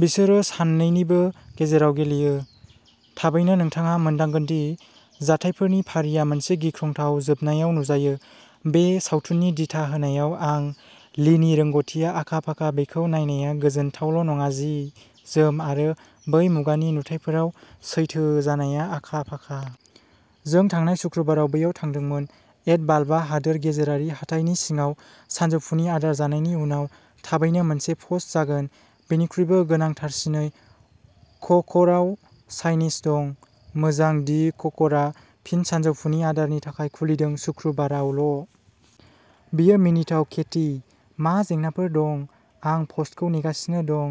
बिसोरो साननैनिबो गेजेराव गेलेयो। थाबैनो, नोंथाङा मोनदांगोन दि जाथायफोरनि फारिया मोनसे गिख्रंथाव जोबनायाव नुजायो। बे सावथुननि दिथा होनायाव आं लीनि रोंग'थिआ आखा फाखा बेखौ नायनाया गोजोनथावल' नङा जि जोम आरो बै मुगानि नुथायफोराव सैथो जानाया आखा-फाखा। जों थांनाय सुक्रुबाराव बैयाव थांदोंमोन एड बालब'आ हादोर गेजेरारि हाथाइनि सिङाव सानजौफुनि आदार जानायनि उनाव। थाबैनो मोनसे पस्ट जागोन। बेनिख्रुइबो गोनांथारसिनै क'कर'आव साइनेज दं! मोजां दि क'कर'आ फिन सानजौफुनि आदारनि थाखाय खुलिदों शुक्रबारावल'। बेयो मिनिथाव, केथी। मा जेंनाफोर दं आं पस्टखौ नेगासिनो दं।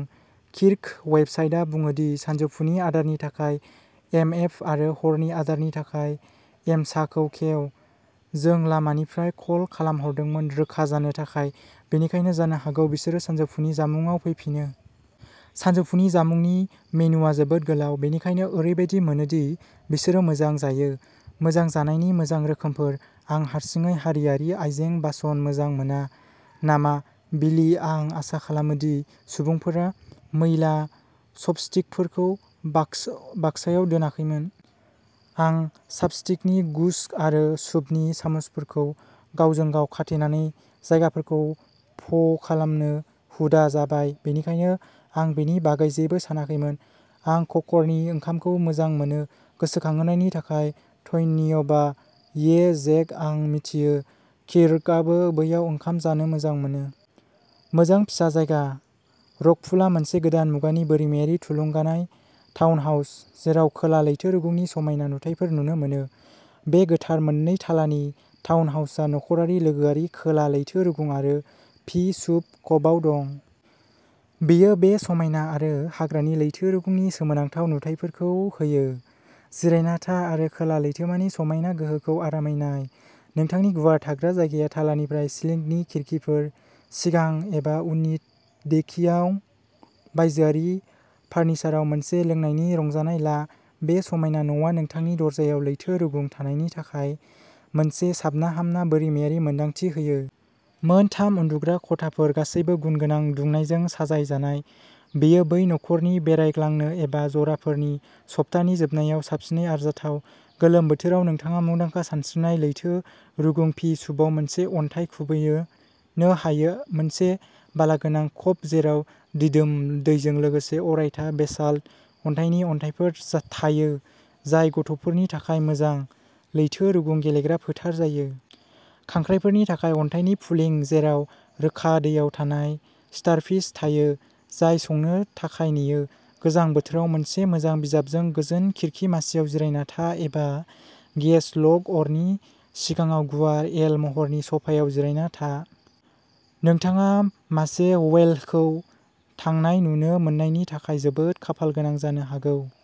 किर्क, वेबसाइटआ बुङो दि सानजौफुनि आदारनि थाखाय एम एफ आरो हरनि आदारनि थाखाय एमसाखौ खेव। जों लामानिफ्राय कल खालामदोंमोन रोखा जानो थाखाय। बेनिखायनो जानो हागौ बिसोर सानजौफुनि जामुंआव फैफिनो। सानजौफुनि जामुंनि मेन्युआ जोबोद गोलाव, बेनिखायनो ओरैबादि मोनो दि बिसोर मोजां जायो। मोजां जानायनि मोजां रोखोमफोर। आं हारसिङै हारियारि आयजें-बासन मोजां मोना नामा बिलि आं आसा खालामो दि सुबुंफोरा मैला चपस्टिकफोरखौ बाक्स बाक्सायाव दोनाखैमोन। आं चापस्टिकनि गुच्छ आरो सुपनि सामुसफोरखौ गावजों गाव खाथेनानै जायगाफोरखौ फ'खालामनो हुदा जाबाय बेनिखायनो आं बेनि बागै जेबो सानाखैमोन। आं क'कर'नि ओंखामखौ मोजां मोनो! गोसोखांहोनायनि थाखाय धन्यबा ये जेक आं मिथियो किर्कआबो बैयाव ओंखाम जानो मोजां मोनो। मोजां फिसा जायगा। रकपुलआ मोनसे गोदान मुगानि बोरिमायारि थुलुंगानाय टाउनहाउस, जेराव खोला लैथो रुगुंनि समायना नुथायफोर नुनो मोनो। बे गोथार मोननै थालानि टाउनहाउसा नखरारि लोगोआरि खोला लैथो रुगुं आरो पी सुप कभआव दं। बेयो बे समायना आरो हाग्रानि लैथो रुगुंनि सोमोनांथाव नुथायफोरखौ होयो। जिरायना था आरो खोला लैथोमानि समायना गोहोखौ आरामै नाय। नोंथांनि गुवार थाग्रा जायगाया थालानिफ्राय सिलिंनि खिरखिफोर। सिगां एबा उननि देकिआव बायजोआरि फार्निचाराव मोनसे लोंनायनि रंजानाय ला बे समायना न'आ नोंथांनि दरजायाव लैथो रुगुं थानायनि थाखाय मोनसे साबना-हामना बोरिमायारि मोनदांथि होयो। मोन थाम उन्दुग्रा खथाफोर गासैबो गुनगोनां दुंनायजों साजायजानाय, बेयो बै नखरनि बेरायग्लांनो एबा जराफोरनि सप्तानि जोबनायाव साबसिनै आरजाथाव। गोलोम बोथोराव नोंथाङा मुंदांखा सानस्रिनाय लैथो रुगुं पि सूपआव मोनसे अन्थाइ खुबैयोनो हायो मोनसे बालागोनां क'भ जेराव दिदोम दैजों लोगोसे अरायथा बेसाल्ट अन्थाइनि अन्थाइफोर थायो जाय गथ'फोरनि थाखाय मोजां लैथो रुगुं गेलेग्रा फोथार जायो। खांख्रायफोरनि थाखाय अन्थाइनि पुलिं जेराव रोखा दैयाव थानाय स्टारफिश थायो, जाय संनो थाखाय नेयो। गोजां बोथोराव, मोनसे मोजां बिजाबजों गोजोन खिरखि मासिआव जिरायना था एबा गेस लग अरनि सिगाङाव गुवार एल महरनि स'फायाव जिरायना था। नोंथाङा मासे व्हेलखौ थांनाय नुनो मोन्नायनि थाखाय जोबोद खाफालगोनां जानो हागौ।